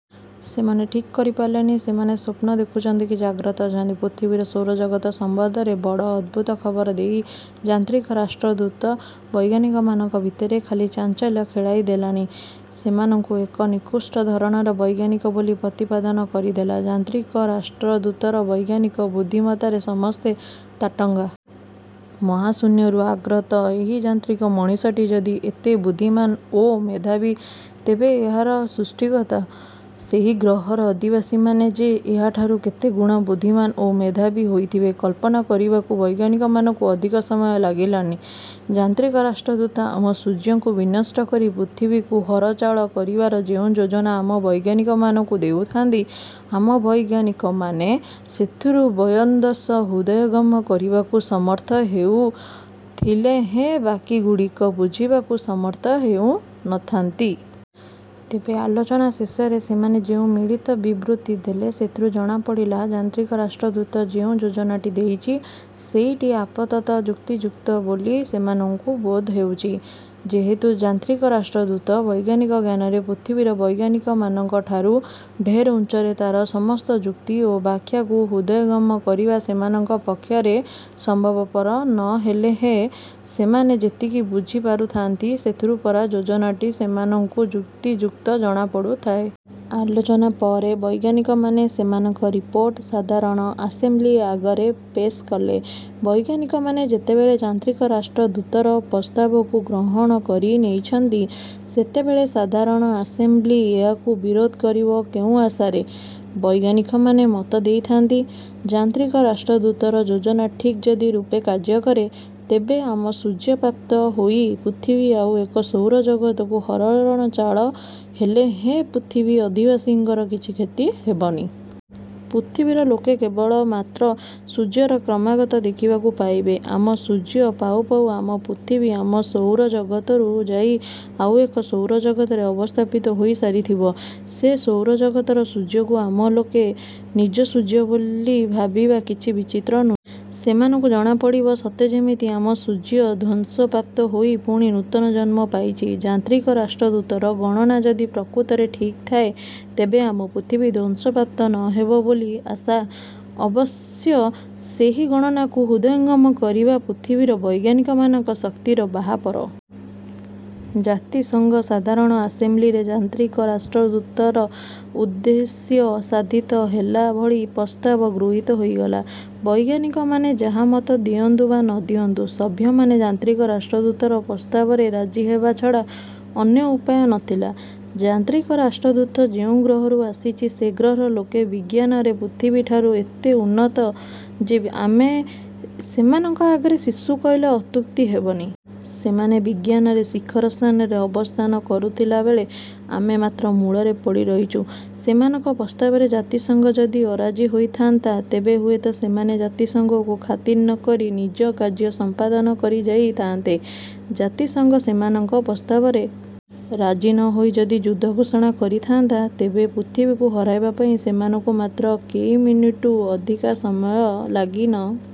ସେମାନେ ଠିକ୍ କରିପାରିଲେନି, ସେମାନେ ସ୍ୱପ୍ନ ଦେଖୁଛନ୍ତି କି ଜାଗ୍ରତ ଅଛନ୍ତି! ପୃଥିବୀର ସୌରଜଗତ ସମ୍ବନ୍ଧରେ ବଡ଼ ଅଦ୍ଭୁତ ଖବର ଦେଇ ଯାନ୍ତ୍ରିକ ରାଷ୍ଟ୍ରଦୂତ ବୈଜ୍ଞାନିକମାନଙ୍କ ଭିତରେ ଖାଲି ଚାଞ୍ଚଲ୍ୟ ଖେଳାଇଦେଲାନି, ସେମାନଙ୍କୁ ଏକ ନିକୃଷ୍ଟ ଧରଣର ବୈଜ୍ଞାନିକ ବୋଲି ପ୍ରତିପାଦନ କରିଦେଲା। ଯାନ୍ତ୍ରିକ ରାଷ୍ଟ୍ରଦୂତର ବୈଜ୍ଞାନିକ ବୃଦ୍ଧିମତ୍ତାରେ ସମସ୍ତେ ତାଟଙ୍ଗା। ମହାଶୂନ୍ୟରୁ ଆଗ୍ରତ ଏହି ଯାନ୍ତ୍ରିକ ମଣିଷଟି ଯଦି ଏତେ ବୁଦ୍ଧିମାନ ଓ ମେଧାବୀ ତେବେ ଏହାର ସୃଷ୍ଟିକର୍ତ୍ତା, ସେହି ଗ୍ରହର ଅଧିବାସୀମାନେ ଯେ ଏହାଠାରୁ କେତେ ଗୁଣ ବୁଦ୍ଧିମାନ ଓ ମେଧାବୀ ହୋଇଥିବେ କଳ୍ପନା କରିବାକୁ ବୈଜ୍ଞାନିକମାନଙ୍କୁ ଅଧିକ ସମୟ ଲାଗିଲାନି। ଯାନ୍ତ୍ରିକ ରାଷ୍ଟ୍ରଦୂତ ଆମ ସୂର୍ଯ୍ୟକୁ ବିନଷ୍ଟ କରି ପୃଥିବୀକୁ ହରଚାଳ କରିବାର ଯେଉଁ ଯୋଜନା ଆମ ବୈଜ୍ଞାନିକମାନଙ୍କୁ ଦେଉଥାନ୍ତି, ଆମ ବୈଜ୍ଞାନିକମାନେ ସେଥିରୁ ବୟଦ୍ଦଂଶ ହୃଦୟଙ୍ଗମ କରିବାକୁ ସମର୍ଥ ହେଉ ଥିଲେହେଁ ବାକିଗୁଡ଼ିକ ବୁଝିବାକୁ ସମର୍ଥ ହେଉ ନ ଥାନ୍ତି। ତେବେ ଆଲୋଚନା ଶେଷରେ ସେମାନେ ଯେଉଁ ମିଳିତ ବିବୃତି ଦେଲେ ସେଥିରୁ ଜଣାପଡ଼ିଲା ଯାନ୍ତ୍ରିକ ରାଷ୍ଟ୍ରଦୂତ ଯେଉଁ ଯୋଜନାଟି ଦେଇଛି, ସେହିଟି ଆପାତତଃ ଯୁକ୍ତିଯୁକ୍ତ ବୋଲି ସେମାନଙ୍କୁ ବୋଧହେଉଛି। ଯେହେତୁ ଯାନ୍ତ୍ରିକ ରାଷ୍ଟ୍ରଦୂତ ବୈଜ୍ଞାନିକ ଜ୍ଞାନରେ ପୃଥିବୀର ବୈଜ୍ଞାନିକମାନଙ୍କରଠାରୁ ଢେର ଉଚ୍ଚରେ, ତାର ସମସ୍ତ ଯୁକ୍ତି ଓ ବ୍ୟାଖ୍ୟାକୁ ହୃଦୟଙ୍ଗମ କରିବା ସେମାନଙ୍କ ପକ୍ଷରେ ସମ୍ଭବପର ନ ହେଲେହେଁ ସେମାନେ ଯେତିକି ବୁଝି ପାରୁଥାନ୍ତି, ସେଥିରୁ ପରା ଯୋଜନାଟି ସେମାନଙ୍କୁ ଯୁକ୍ତିଯୁକ୍ତ ଜଣାପଡ଼ୁଥାଏ। ଆଲୋଚନା ପରେ ବୈଜ୍ଞାନିକମାନେ ସେମାନଙ୍କ ରିପୋର୍ଟ ସାଧାରଣ ଆସେମ୍ବ୍ଲି ଆଗରେ ପେଶ୍ କଲେ। ବୈଜ୍ଞାନିକମାନେ ଯେତେବେଳେ ଯାନ୍ତ୍ରିକ ରାଷ୍ଟ୍ରଦୂତର ପ୍ରସ୍ତାବକୁ ଗ୍ରହଣ କରି ନେଇଛନ୍ତି, ସେତେବେଳେ ସାଧାରଣ ଆସେମ୍ବ୍ଲି ଏହାକୁ ବିରୋଧ କରିବ କେଉଁ ଆଶାରେ! ବୈଜ୍ଞାନିକମାନେ ମତ ଦେଇଥାନ୍ତି, ଯାନ୍ତ୍ରିକ ରାଷ୍ଟ୍ରଦୂତର ଯୋଜନା ଠିକ୍ ଯଦି ରୂପେ କାର୍ଯ୍ୟ କରେ, ତେବେ ଆମ ସୂର୍ଯ୍ୟ ପ୍ରାପ୍ତ ହୋଇ ପୃଥିବୀ ଆଉ ଏକ ସୌରଜଗତକୁ ହରଣଚାଳ ହେଲେହେଁ ପୃଥିବୀ ଅଧିବାସୀଙ୍କର କିଛି କ୍ଷତି ହେବନି। ପୃଥିବୀର ଲୋକେ କେବଳ ମାତ୍ର ସୂର୍ଯ୍ୟର କ୍ରମାଗତ ଦେଖିବାକୁ ପାଇବେ। ଆମ ସୂର୍ଯ୍ୟ ପାଉଁ ପାଉଁ ଆମ ପୃଥିବୀ ଆମ ସୌରଜଗତରୁ ଯାଇ ଆଉ ଏକ ସୌରଜଗତରେ ଅବସ୍ଥାପିତ ହୋଇ ସାରିଥିବ। ସେ ସୌରଜଗତର ସୂର୍ଯ୍ୟକୁ ଆମ ଲୋକେ ନିଜ ସୂର୍ଯ୍ୟ ବୋଲି ଭାବିବା କିଛି ବିଚିତ୍ର ନୁ ସେମାନଙ୍କୁ ଜଣାପଡ଼ିବ ସତେ ଯେମିତି ଆମ ସୂର୍ଯ୍ୟ ଧ୍ୱଂସ ପ୍ରାପ୍ତ ହୋଇ ପୁଣି ନୂତନ ଜନ୍ମ ପାଇଛି। ଯାନ୍ତ୍ରିକ ରାଷ୍ଟ୍ରଦୂତର ଗଣନା ଯଦି ପ୍ରକୃତରେ ଠିକ୍ ଥାଏ ତେବେ ଆମ ପୃଥିବୀ ଧ୍ୱଂସ ପ୍ରାପ୍ତ ନ ହେବ ବୋଲି ଆଶା। ଅବଶ୍ୟ ସେହି ଗଣନାକୁ ହୃଦୟଙ୍ଗମ କରିବା ପୃଥିବୀର ବୈଜ୍ଞାନିକମାନଙ୍କ ଶକ୍ତିର ବାହାପର। ଜାତିସଂଘ ସାଧାରଣ ଆସେମ୍ବ୍ଲିରେ ଯାନ୍ତ୍ରିକ ରାଷ୍ଟ୍ରଦୂତର ଉଦ୍ଦେଶ୍ୟ ସାଧିତ ହେଲାଭଳି ପ୍ରସ୍ତାବ ଗୃହୀତ ହୋଇଗଲା। ବୈଜ୍ଞାନିକମାନେ ଯାହା ମତ ଦିଅନ୍ତୁ ବା ନ ଦିଅନ୍ତୁ ସଭ୍ୟମାନେ ଯାନ୍ତ୍ରିକ ରାଷ୍ଟ୍ରଦୂତର ପ୍ରସ୍ତାବରେ ରାଜି ହେବା ଛଡ଼ା। ଅନ୍ୟ ଉପାୟ ନ ଥିଲା। ଯାନ୍ତ୍ରିକ ରାଷ୍ଟ୍ରଦୂତ ଯେଉଁ ଗ୍ରହରୁ ଆସିଛି, ସେ ଗ୍ରହର ଲୋକେ ବିଜ୍ଞାନରେ ପୃଥିବୀଠାରୁ ଏତେ ଉନ୍ନତ ଯେ ଆମେ ସେମାନଙ୍କ ଆଗରେ ଶିଶୁ କହିଲେ ଅତ୍ୟୁକ୍ତି ହେବନି। ସେମାନେ ବିଜ୍ଞାନରେ ଶିଖର ସ୍ଥାନରେ ଅବସ୍ଥାନ କରୁଥିଲାବେଳେ ଆମେ ମାତ୍ର ମୂଳରେ ପଡ଼ି ରହିଛୁଁ। ସେମାନଙ୍କ ପ୍ରସ୍ତାବରେ ଜାତିସଂଘ ଯଦି ଅରାଜି ହୋଇଥାନ୍ତା ତେବେ ହୁଏତ ସେମାନେ ଜାତିସଂଘକୁ ଖାତିର ନ କରି ନିଜ କାର୍ଯ୍ୟ ସଂପାଦନ କରି ଯାଇ ଥାଆନ୍ତେ। ଜାତିସଂଘ ସେମାନଙ୍କ ପ୍ରସ୍ତାବରେ ରାଜି ନ ହୋଇ ଯଦି ଯୁଦ୍ଧ ଘୋଷଣା କରିଥାନ୍ତା ତେବେ ପୃଥିବୀକୁ ହରାଇବା ପାଇଁ ସେମାନଙ୍କୁ ମାତ୍ର କେଇ ମିନିଟ୍ରୁ ଅଧିକା ସମୟ ଲାଗି ନ